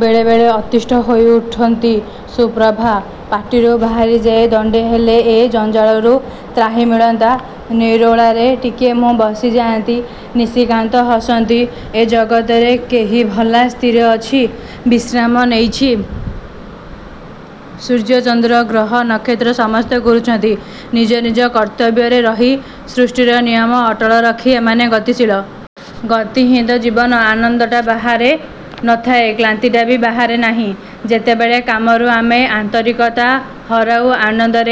ବେଳେ ବେଳେ ଅତିଷ୍ଠ ହୋଇଉଠନ୍ତି, ସୁପ୍ରଭା। ପାଟିରୁ ବାହାରିଯାଏ ଦଣ୍ଡେ ହେଲେ ଏ ଜଞ୍ଜାଳରୁ ତ୍ରାହି ମିଳନ୍ତା, ନିରୋଳାରେ ଟିକେ ମୁଁ ବସି ଯାଆନ୍ତି। ନିଶିକାନ୍ତ ହସନ୍ତି। ଏ ଜଗତରେ, କେହିଭଲା, ସ୍ଥିର ଅଛି? ବିଶ୍ରାମ ନେଇଛି? ସୂର୍ଯ୍ୟଚନ୍ଦ୍ର ଗ୍ରହ ନକ୍ଷତ୍ର ସମସ୍ତେ ଘୂରୁଛନ୍ତି। ନିଜ ନିଜ କର୍ତ୍ତବ୍ୟରେ ରହି ସୃଷ୍ଟିର ନିୟମ ଅଟଳ ରଖି ଏମାନେ ଗତିଶୀଳ। ଗତି ହିଁ ତ ଜୀବନ। ଆନନ୍ଦଟା ବାହାରେ ନଥାଏ–କ୍ଳାନ୍ତିଟା ବି ବାହାରେ ନାହିଁ। ଯେତେବେଳେ କାମରୁ ଆମେ ଆନ୍ତରିକତା ହରାଉ ଆନନ୍ଦର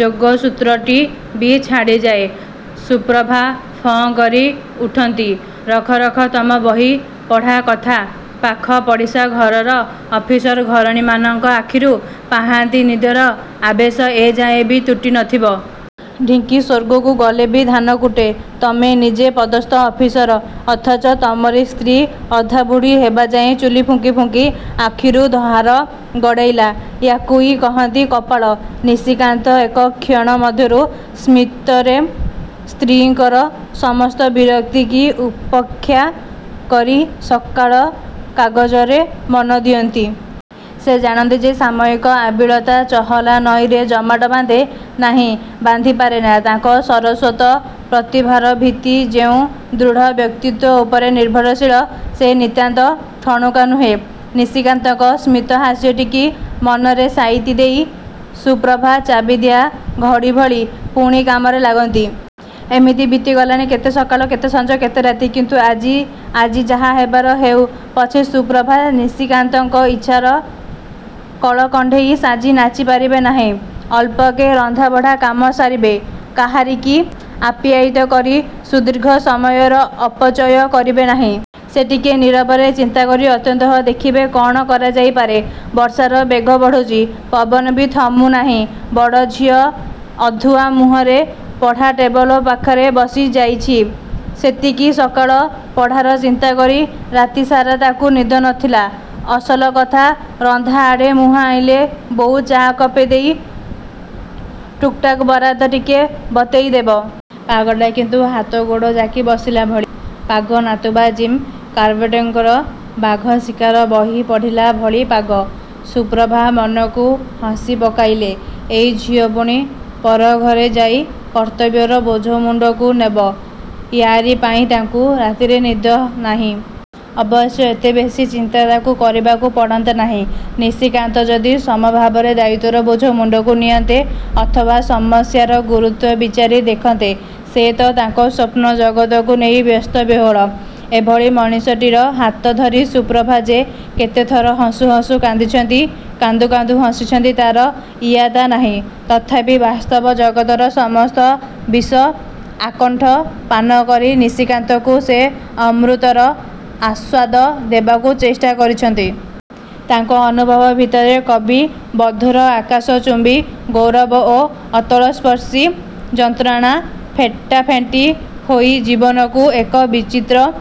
ଯୋଗସୂତ୍ରଟି ବି ଛାଡ଼ିଯାଏ। ସୁପ୍ରଭା ଫଁ କରି ଉଠନ୍ତି। ରଖ ରଖ ତମ ବହି ପଢ଼ା କଥା। ପାଖ ପଡ଼ିଶା ଘରର ଅଫିସର ଘରଣୀମାନଙ୍କ ଆଖିରୁ ପାହାନ୍ତି ନିଦର ଆବେଶ ଏ ଯାଏ ବି ତୁଟି ନଥିବ। ଢିଙ୍କି ସ୍ୱର୍ଗକୁ ଗଲେ ବି ଧାନ କୁଟେ। ତମେ ନିଜେ ପଦସ୍ଥ ଅଫିସର–ଅଥଚ ତମରି ସ୍ତ୍ରୀ, ଅଧାବୁଢ଼ୀ ହେବାଯାଏ, ଚୁଲି ଫୁଙ୍କି ଫୁଙ୍କି, ଆଖିରୁ ଧାର ଗଡ଼େଇଲା। ୟାକୁ ଇ କହନ୍ତି କପାଳ। ନିଶିକାନ୍ତ ଏକ କ୍ଷୀଣ ମଧୁର ସ୍ମିତରେ ସ୍ତ୍ରୀଙ୍କର ସମସ୍ତ ବିରକ୍ତି କି ଉପେକ୍ଷା କରି ସକାଳ କାଗଜରେ ମନ ଦିଅନ୍ତି। ସେ ଜାଣନ୍ତି ଯେ ସାମୟିକ ଆବିଳତା ଚହଲା ନଈରେ ଜମାଟ ବାନ୍ଧେ ନାହିଁ, ବାନ୍ଧି ପାରେନା। ତାଙ୍କ ସାରସ୍ୱତ ପ୍ରତିଭାର ଭିତ୍ତି ଯେଉଁ ଦୃଢ଼ ବ୍ୟକ୍ତିତ୍ୱ ଉପରେ ନିର୍ଭରଶୀଳ, ସେ ନିତାନ୍ତ ଠଣୁକା ନୁହେଁ। ନିଶିକାନ୍ତଙ୍କ ସ୍ମିତହାସ୍ୟଟିକି ମନରେ ସାଇତି ଦେଇ ସୁପ୍ରଭା ଚାବିଦିଆ ଘଡ଼ିଭଳି, ପୁଣି କାମରେ ଲାଗନ୍ତି। ଏମିତି ବିତି ଗଲାଣି କେତେ ସକାଳ, କେତେ ସଞ୍ଜ, କେତେ ରାତି। କିନ୍ତୁ ଆଜି ଆଜି ଯାହା ହେବାର ହେଉ ପଛେ ସୁପ୍ରଭା ନିଶିକାନ୍ତଙ୍କ ଇଚ୍ଛାର କଳକଣ୍ଢେଇ ସାଜି ନାଚି ପାରିବେ ନାହିଁ। ଅଳ୍ପକେ ରନ୍ଧା ବଢ଼ା କାମ ସାରିବେ। କାହାରିକି ଆପ୍ୟାୟିତ କରି ସୁଦୀର୍ଘ ସମୟର ଅପଚୟ କରିବେ ନାହିଁ। ସେ ଟିକେ ନୀରବରେ ଚିନ୍ତାକରି ଅନ୍ତତଃ ଦେଖିବେ କ'ଣ କରାଯାଇପାରେ। ବର୍ଷାର ବେଗ ବଢ଼ୁଛି। ପବନ ବି ଥମୁ ନାହିଁ। ବଡ଼ଝିଅ, ଅଧୁଆ ମୁହଁରେ, ପଢ଼ା ଟେବୁଲ ପାଖରେ ବସି ଯାଇଛି। ସତେକି ସକାଳ ପଢ଼ାର ଚିନ୍ତାକରି, ରାତିସାରା ତାକୁ ନିଦ ନଥିଲା-। ଅସଲକଥା, ରନ୍ଧା ଆଡ଼େ ମୁହାଁଇଲେ ବୋଉ ଚା କପେ ଦେଇ ଟୁକ୍ଟାକ୍ ବରାଦ ଟିକେ ବତେଇ ଦେବ। ପାଗଟା କିନ୍ତୁ ହାତ ଗୋଡ଼ ଯାକି ବସିଲାଭଳି ପାଗ–ନତୁବା ଜିମ୍ କର୍ବେଟ୍ଙ୍କର ବାଘ ଶୀକାର ବହି ପଢ଼ିଲା ଭଳି ପାଗ। ସୁପ୍ରଭା ମନକୁ ହସି ପକେଇଲେ। ଏଇ ଝିଅ ପୁଣି, ପରଘରେ ଯାଇ କର୍ତ୍ତବ୍ୟର ବୋଝ ମୁଣ୍ଡକୁ ନେବ। ୟାରିପାଇଁ ତାଙ୍କୁ ରାତିରେ ନିଦ ନାହିଁ। ଅବଶ୍ୟ ଏତେ ବେଶି ଚିନ୍ତା ତାଙ୍କୁ କରିବାକୁ ପଡ଼ନ୍ତା ନାହିଁ। ନିଶିକାନ୍ତ ଯଦି ସମଭାବରେ ଦାୟିତ୍ୱର ବୋଝ ମୁଣ୍ଡକୁ ନିଅନ୍ତେ ଅଥବା ସମସ୍ୟାର ଗୁରୁତ୍ୱ ବିଚାରି ଦେଖନ୍ତେ। ସେ ତ ତାଙ୍କ ସ୍ୱପ୍ନ ଜଗତକୁ ନେଇ ବ୍ୟସ୍ତ ବିହ୍ୱଳ। ଏଭଳି ମଣିଷଟିର ହାତ ଧରି ସୁପ୍ରଭା ଯେ କେତେ ଥର ହସୁ ହସୁ କାନ୍ଦିଛନ୍ତି– କାନ୍ଦୁ କାନ୍ଦୁ ହସିଛନ୍ତି ତା'ର ଇୟତ୍ତା ନାହିଁ ତଥାପି ବାସ୍ତବ ଜଗତର ସମସ୍ତ ବିଷ ଆକଣ୍ଠ ପାନ କରି ନିଶିକାନ୍ତକୁ ସେ ଅମୃତର ଆସ୍ୱାଦ ଦେବାକୁ ଚେଷ୍ଟା କରିଛନ୍ତି। ତାଙ୍କ ଅନୁଭବ ଭିତରେ କବି ବଧୂର ଆକାଶ ଚୁମ୍ବି ଗୌରବ ଓ ଅତଳସ୍ପର୍ଶୀ ଯନ୍ତ୍ରଣା ଫେଣ୍ଟାଫେଣ୍ଟି ହୋଇ ଜୀବନକୁ ଏକ ବିଚିତ୍ର